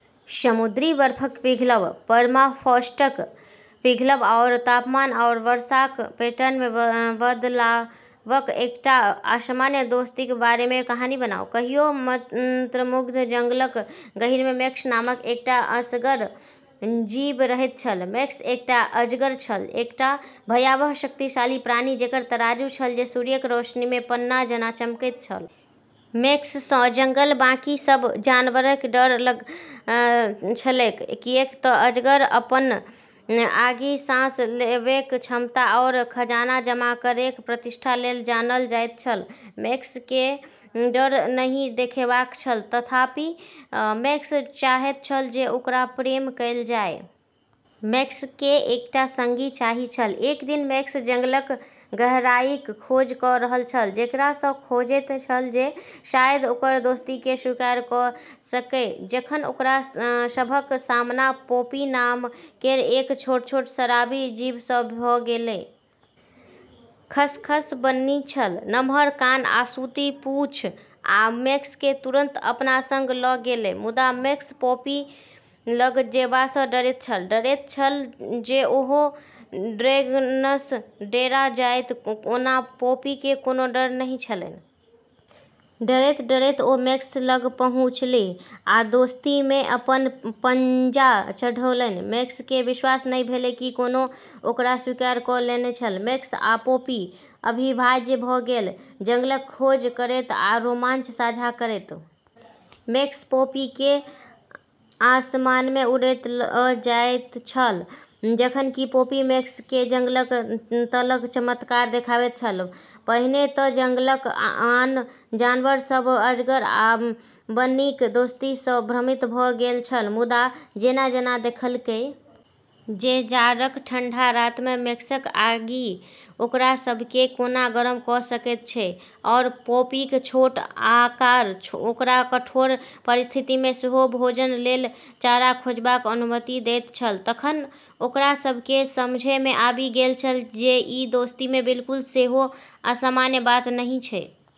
समुद्री बर्फक पिघलब, परमाफ्रॉस्टक पिघलब, आओर तापमान आओर वर्षाक पैटर्नमे बदलावक। एकटा असामान्य दोस्तीक बारेमे कहानी बनाउ। कहियो मंत्रमुग्ध जंगलक गहींरमे मैक्स नामक एकटा असगर जीव रहैत छल। मैक्स एकटा अजगर छल, एकटा भयावह, शक्तिशाली प्राणी जकर तराजू छल जे सूर्यक रोशनीमे पन्ना जकाँ चमकैत छल। मैक्ससँ जंगलक बाँकी सब जानवरकेँ डर छलैक, किऐक तऽ अजगर अपन आगि-साँस लेबैक क्षमता आओर खजाना जमा करबैक प्रतिष्ठा लेल जानल जाइत छल। मैक्सकेँ डर नहि देखेबाक छल, तथापि; मैक्स चाहैत छल जे ओकरा प्रेम कएल जाय। मैक्सकेँ एकटा संगी चाही छल। एक दिन मैक्स जंगलक गहराईक खोज कऽ रहल छल, जेकरासँ खोजैत छल जे शायद ओकर दोस्तीकेँ स्वीकार कऽ सकै जखन ओकरा सभक सामना पोपी नाम केर एक छोट-छोट, शराबी जीवसँ भऽ गेलै। खसखस बन्नी छल, नम्हर कान आ सूती-पूँछ, आ मैक्सकेँ तुरन्त अपना संग लऽ गेलै। मुदा मैक्स पोपी लग जेबासँ डरैत छल, डरैत छल जे ओहो ड्रैगनसँ डेरा जायत। ओना पोपीकेँ कोनो डर नहि छलनि। डरैत-डरैत ओ मैक्स लग पहुँचलीह, आ दोस्तीमे अपन पंजा चढ़ौलनि। मैक्सकेँ विश्वास नहि भेलै कि कोनो ओकरा स्वीकार कऽ लेने छल! मैक्स आ पोपी अविभाज्य भऽ गेल, जंगलक खोज करैत आ रोमांच साझा करैत। मैक्स पोपीकेँ आसमानमे उड़ैत लऽ जाइत छल, जखन कि पोपी मैक्सकेँ जंगलक तलक चमत्कार देखाबैत छल। पहिने तँ जंगलक आन जानवर सभ अजगर आ बन्नीक दोस्तीसँ भ्रमित भऽ गेल छल। मुदा जेना-जेना देखलकै जे जाड़ाक ठंडा रातमे मैक्सक आगि ओकरा सभकेँ कोना गरम कऽ सकैत छै, आओर पोपीक छोट आकार ओकरा कठोर परिस्थितिमे सेहो भोजन लेल चारा खोजबाक अनुमति दैत छै, तखन ओकरा सभकेँ समझैमे आबि गेलै जे ई दोस्तीमे बिल्कुल सेहो असामान्य बात नहि छै।